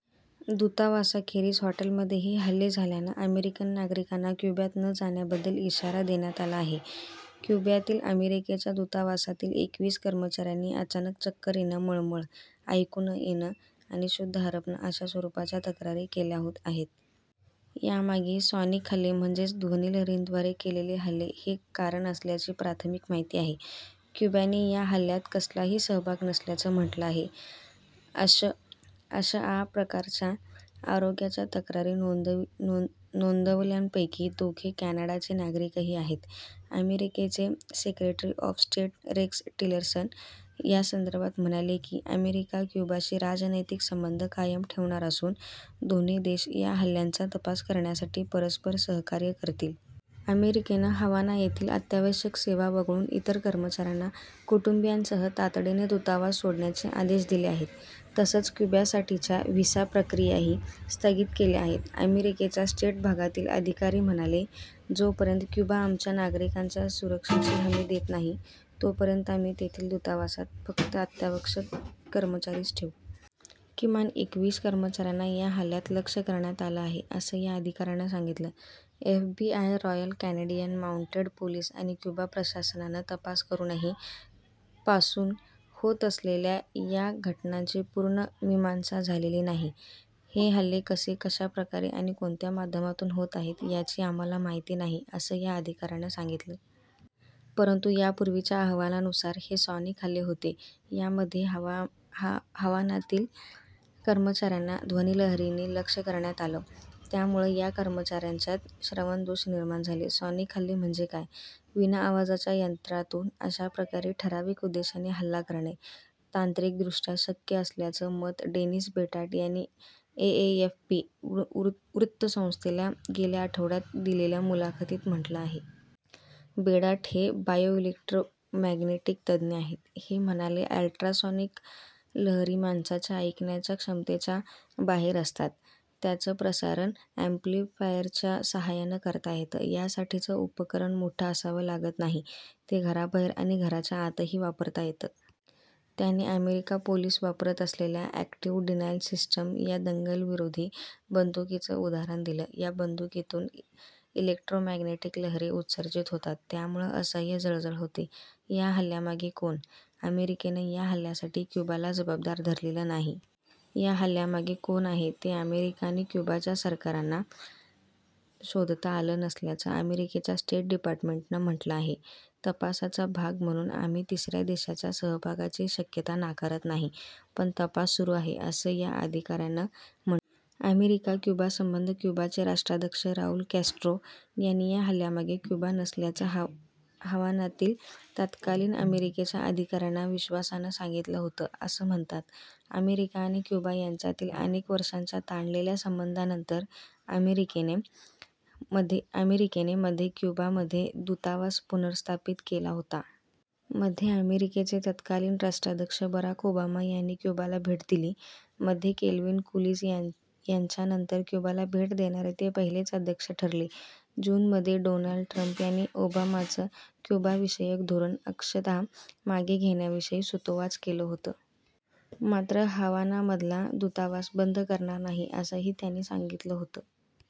दूतावासाखेरीज हॉटेलमध्येही हल्ले झाल्यानं अमेरिकन नागरिकांना क्युबात न जाण्याबद्दल इशारा देण्यात आला आहे. क्युबातील अमेरिकेच्या दूतावासातील एकवीस कर्मचाऱ्यांनी अचानक चक्कर येणं, मळमळ, ऐकू न येणं आणि शुद्ध हरपणं अशा स्वरूपाच्या तक्रारी केल्या आहेत. यामागे 'सॉनिक हल्ले' म्हणजेच ध्वनिलहरींद्वारे केलेले हल्ले हे कारण असल्याची प्राथमिक माहिती आहे. क्युबाने या हल्ल्यात कसलाही सहभाग नसल्याचं म्हटलं आहे. अशआ प्रकारच्या आरोग्याच्या तक्रारी नोंदवल्यांपैकी दोघे कॅनाडाचे नागरिकही आहेत. अमेरिकेचे secretary of state Rex Tillerson यासंदर्भात म्हणाले की, अमेरिका क्युबाशी राजनैतिक संबंध कायम ठेवणार असून, दोन्ही देश या हल्ल्यांचा तपास करण्यासाठी परस्पर सहकार्य करतील. अमेरिकेनं हवाना येथील अत्यावश्यक सेवा वगळून इतर कर्मचाऱ्यांना कुटुंबीयांसह तातडीने दूतावास सोडण्याचे आदेश दिले आहेत. तसंच क्युबासाठीच्या व्हिसा प्रक्रियाही स्थगित केल्या आहेत. अमेरिकेच्या स्टेट विभागातील अधिकारी म्हणाले जोपर्यंत क्युबा आमच्या नागरिकांच्या सुरक्षेची हमी देत नाही, तोपर्यंत आम्ही तेथील दूतावासात फक्त अत्यावश्यक कर्मचारीच ठेवू. किमान एकवीस कर्मचाऱ्यांना या हल्ल्यात लक्ष्य करण्यात आलं आहे असं या अधिकाऱ्यानं सांगितलं. FBI, royal Canadian mounted police आणि क्युबा प्रशासानानं तपास करूनही, पासून होत असलेल्या या घटनांची पूर्ण मीमांसा झालेली नाही. हे हल्ले कसे, कशा प्रकारे आणि कोणत्या माध्यमातून होत आहेत, याची आम्हाला माहिती नाही असं या अधिकाऱ्यानं सांगितलं. परंतु यापूर्वीच्या अहवालांनुसार हे 'सॉनिक हल्ले' होते. यामध्ये हवानातील कर्मचाऱ्यांना ध्वनिलहरींनी लक्ष्य करण्यात आलं. त्यामुळं या कर्मचाऱ्यांच्यात श्रवणदोष निर्माण झाले. सॉनिक हल्ले म्हणजे काय? विनाआवाजाच्या यंत्रातून अशा प्रकारे ठराविक उद्देशाने हल्ला करणे तांत्रिकदृष्ट्या शक्य असल्याचं मत डेनिस बेडाट यांनी एएफपी वृत्तसंस्थेला गेल्या आठवड्यात दिलेल्या मुलाखतीत म्हटलं आहे. बेडाट हे बायोइलेक्ट्रोमॅग्नेटिक तज्ज्ञ आहेत. ते म्हणाले, अल्ट्रॉसॉनिक लहरी माणसाच्या ऐकण्याच्या क्षमतेच्या बाहेर असतात. त्यांच प्रसारण अॅम्प्लिफायरच्या सहायानं करता येतं. यासाठीचं उपकरण मोठं असावं लागत नाही. ते घराबाहेर आणि घराच्या आतही वापरता येतं. त्यांनी अमेरिका पोलीस वापरत असलेल्या 'अॅक्टिव्ह डिनायल सिस्टीम' या दंगलविरोधी बंदुकीचं उदाहरण दिलं. या बंदुकीतून इलेक्ट्रोमॅग्नेटिक लहरी उत्सर्जित होतात. त्यामुळं असह्य जळजळ होते. या हल्ल्यांमागे कोण? अमेरिकेनं या हल्ल्यासाठी क्युबाला जबाबदार धरलेलं नाही. या हल्ल्यामागे कोण आहे, ते अमेरिका आणि क्युबाच्या सरकारांना शोधता आलं नसल्याचं अमेरिकेच्या स्टेट डिपार्टमेंटनं म्हटलं आहे. तपासाचा भाग म्हणून आम्ही तिसऱ्या देशाच्या सहभागाची शक्यता नाकारत नाही. पण तपास सुरू आहे, असं या अधिकाऱ्यानं म्हटलं आहे. अमेरिका क्युबा संबंध क्युबाचे राष्ट्राध्यक्ष राउल कॅस्ट्रो यांनी या हल्ल्यामागे क्युबा नसल्याचं हवानातील तत्कालीन अमेरिकेच्या अधिकाऱ्यांना विश्वासानं सांगितलं होतं, असं म्हणतात. अमेरिका आणि क्युबा यांच्यातील अनेक वर्षांच्या ताणलेल्या संबंधांनंतर अमेरिकेने मध्ये क्युबामध्ये दूतावास पुनर्स्थापित केला होता. मध्ये अमेरिकेचे तत्कालीन राष्ट्राध्यक्ष बराक ओबामा यांनी क्युबाला भेट दिली. मध्ये केल्विन कूलीज यांच्यानंतर क्युबाला भेट देणारे ते पहिलेच अध्यक्ष ठरले. जूनमध्ये डोनाल्ड ट्रंप यांनी ओबामांचं क्युबाविषयक धोरण अंशतः मागे घेण्याविषयी सूतोवाच केलं होतं. मात्र हवानामधला दूतावास बंद करणार नाही, असंही त्यांनी सांगितलं होतं.